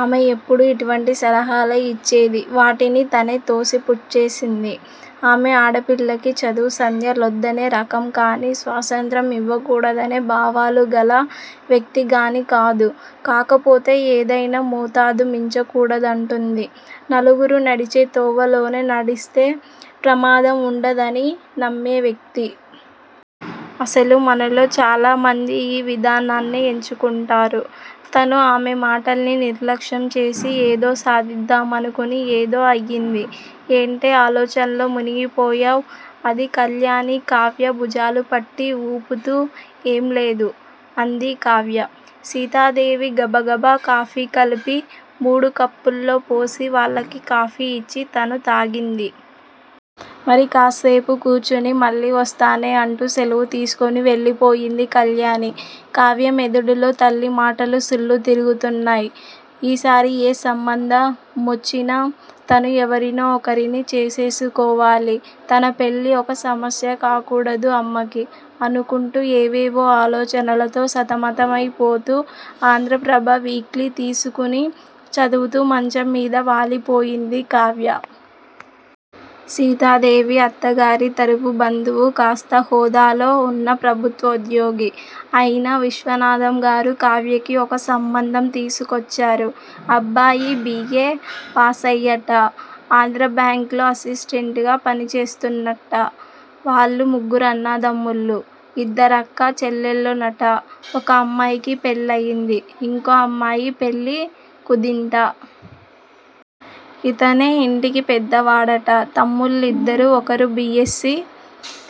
ఆమె ఎప్పుడూ ఇటువంటి సలహాలే ఇచ్చేది. వాటిని తనే తోసి పుచ్చేసింది. ఆమె ఆడపిల్లకి చదువు సంధ్య లొద్దనే రకం కానీ, స్వాతంత్ర్యం ఇవ్వకూడదనే భావాలు గల వ్యక్తి గానీ కాదు! కాకపోతే, ఏదైనా మోతాదు మించకూడదంటుంది. నలుగురూ నడిచే తోవలోనే నడిస్తే, ప్రమాదం వుండదని నమ్మే వ్యక్తి! అసలు మనలో చాలామంది, ఈ విధానాన్నే ఎంచుకుంటారు! తను ఆమె మాటల్ని నిర్లక్ష్యంచేసి, ఏదో సాదిద్దామనుకుని ఏదో అయింది. ' ఏంటే, ఆలోచనల్లో మునిగిపోయావ్? అది కళ్యాణి, కావ్య భుజాలుపట్టి ఊపుతూ. ఏం లేదు. అంది కావ్య! సీతాదేవి గబగబ కాఫీ కలిపి మూడు కప్పుల్లో పోసి, వాళ్ళకి కాఫీ ఇచ్చి తనూ తాగింది. మరి కాస్సేపు కూర్చుని, మళ్ళీ ఒస్తానే అంటూ సెలవు తీసుకుని వెళ్ళిపోయింది కళ్యాణి. కావ్య మెదడులో తల్లి మాటలు సుళ్ళు తిరుగుతున్నాయ్. ఈసారి ఏ సంబంధ మొచ్చినా, తను ఎవరినో ఒకరిని చేసేసుకోవాలి! తన పెళ్ళి ఒక సమస్య కాకూడదు అమ్మకి! అనుకుంటూ ఏవేవో ఆలోచనలతో సంతమతమై పోతూ, ఆంధ్రప్రభ వీక్లీ తీసుకుని చదువుతూ మంచంమీద వాలిపోయింది కావ్య! సీతాదేవి అత్తగారి తరపు బంధువూ, కాస్త హోదాలో వున్న ప్రభుత్వోద్యోగీ అయిన విశ్వనాథంగారు, కావ్యకి ఒక సంబంధం తీకుకొచ్చారు. అబ్బాయి, బి. ఏ. ప్యాసయ్యాట్ట. ఆంధ్రా బ్యాంకులో అసిస్టెంటుగా పనిచేస్తున్నాట్ట. వాళ్ళు ముగ్గురన్నదమ్ములూ, ఇద్దరక్క చెళ్ళెళ్ళూనట. ఒక అమ్మాయికి పెళ్ళయింది. ఇంకో అమ్మాయి పెళ్ళి కుందిట. ఇతనే ఇంటికి పెద్దవాడట. తమ్ముళ్ళిద్దరూ ఒకరు, బి. ఎస్. సి.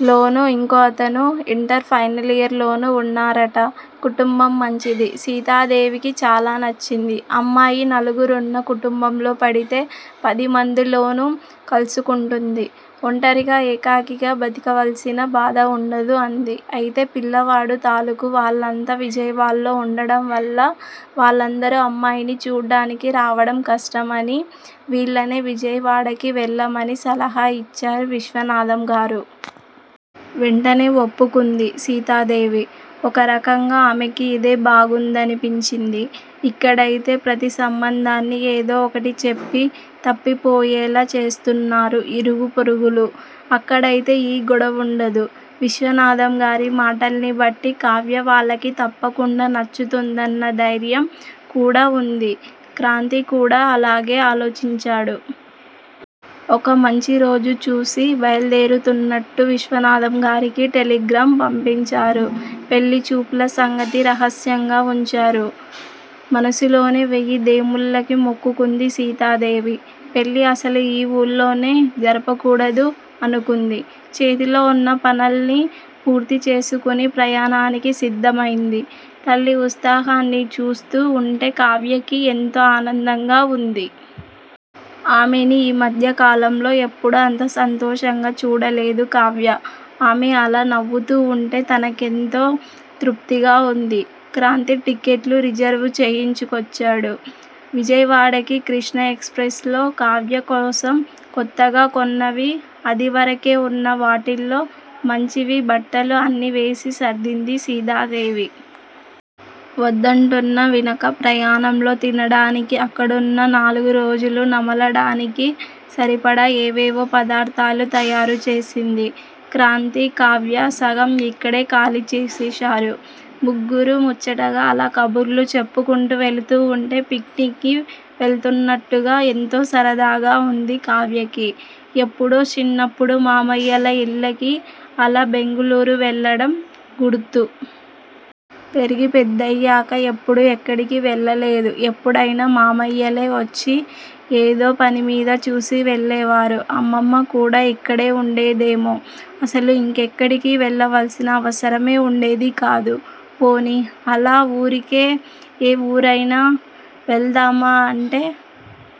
లోనూ ఇంకోతను ఇంటర్ ఫైనలియర్ లోనూ వున్నారట. కుటుంబం మంచిది. సీతాదేవికి చాలా నచ్చింది. అమ్మాయి నలుగురున్న కుటుంబంలో పడితే, పదిమందిలోనూ కలిసుంటుంది. ఒంటరిగా ఏకాకిగా బతకవలసిన బాధ వుండదు అంది. అయితే పిల్లవాడు తాలూకూ వాళ్లంతా విజయవాడలో ఉండడంవల్ల వాళ్ళందరూ అమ్మాయిని చూడ్డానికి రావడం కష్టమని వీళ్ళనే విజయవాడకి వెళ్ళమని సలహా ఇచ్చారు విశ్వనాధంగారు. వెంటనే ఒప్పుకుంది సీతాదేవి. ఒకరకంగా ఆమెకి ఇదే బాగుందనిపించింది. ఇక్కడయితే ప్రతీ సంబంధాన్నీ ఏదో ఒకటి చెప్పి తప్పిపోయేలా చేస్తున్నారు ఇరుగు పొరుగులు. అక్కడయితే ఈ గొడవుండదు. విశ్వనాథంగారి మాటల్నిబట్టి, కావ్య వాళ్లకి తప్పకుండా నచ్చుతుందన్న ధైర్యం కూడా వుంది. క్రాంతి కూడా అలాగే ఆలోచించాడు. ఒక మంచి రోజు చూసి బయలుదేరుతూన్నట్టు విశ్వనాథంగారికి టెలిగ్రాం పంపించారు. పెళ్ళి చూపుల సంగతి రహస్యంగా వుంచారు. మనసులోనే వెయ్యి దేముళ్ళకి మొక్కుకుంది సీతాదేవి! పెళ్ళి అసలు ఈ ఊళ్లోనే జరపకూడదు, అనుకుంది. చేతిలో వున్న పన్లన్నీ పూర్తిచేసుకుని ప్రయాణానికి సిద్ధమైంది. తల్లి ఉత్సాహాన్ని చూస్తూ వుంటే కావ్యకి, ఎంతో ఆనందంగా వుంది. ఆమెని ఈ మధ్య కాలంలో ఎప్పుడూ అంత సంతోషంగా చూడలేదు కావ్య! ఆమె అలా నవ్వుతూ వుంటే తన కెంతో తృప్తిగా వుంది. క్రాంతి టిక్కెట్లు రిజర్వు చేయించుకొచ్చాడు. విజయవాడకి కృష్ణా ఎక్స్ ప్రెస్ లో! కావ్య కోసం కొత్తగా కొన్నవీ, అదివరకే వున్న వాటిల్లో మంచివీ బట్టలు అన్నీ వేసి సర్దింది సీతాదేవి. ఒద్దంటున్నా వినక ప్రయాణంలో తినడానికీ, అక్కడున్న నాలుగురోజులూ నమలడానికి సరిపడా ఏవేవో పదార్ధాలు తయారుచేసింది. క్రాంతీ, కావ్యా సగం ఇక్కడే ఖాళీ చేసేశారు. ముగ్గురూ ముచ్చటగా అలా కబుర్లు చెప్పుకుంటూ వెళుతూ వుంటే, పిక్నిక్ కి వెళుతూన్నట్టుగా ఎంతో సరదాగా వుంది కావ్యకి. ఎప్పుడో చిన్నప్పుడు, మామయ్యల ఇళ్లకి అలా బెంగుళూరు వెళ్లడం గుర్తు! పెరిగి పెద్దయ్యాక ఎప్పుడూ ఎక్కడికీ వెళ్లలేదు. ఎప్పుడైనా మామయ్యలే ఒచ్చి ఏదో పనిమీద, చూసి వెళ్ళేవారు. అమ్మమ్మ కూడా ఇక్కడే వుండేదేమో అసలు ఇంకెక్కడికీ వెళ్లవలసిన అవసరమే వుండేది కాదు. పోనీ అలా ఊరికే ఎ ఊరైనా వెళదామా అంటే,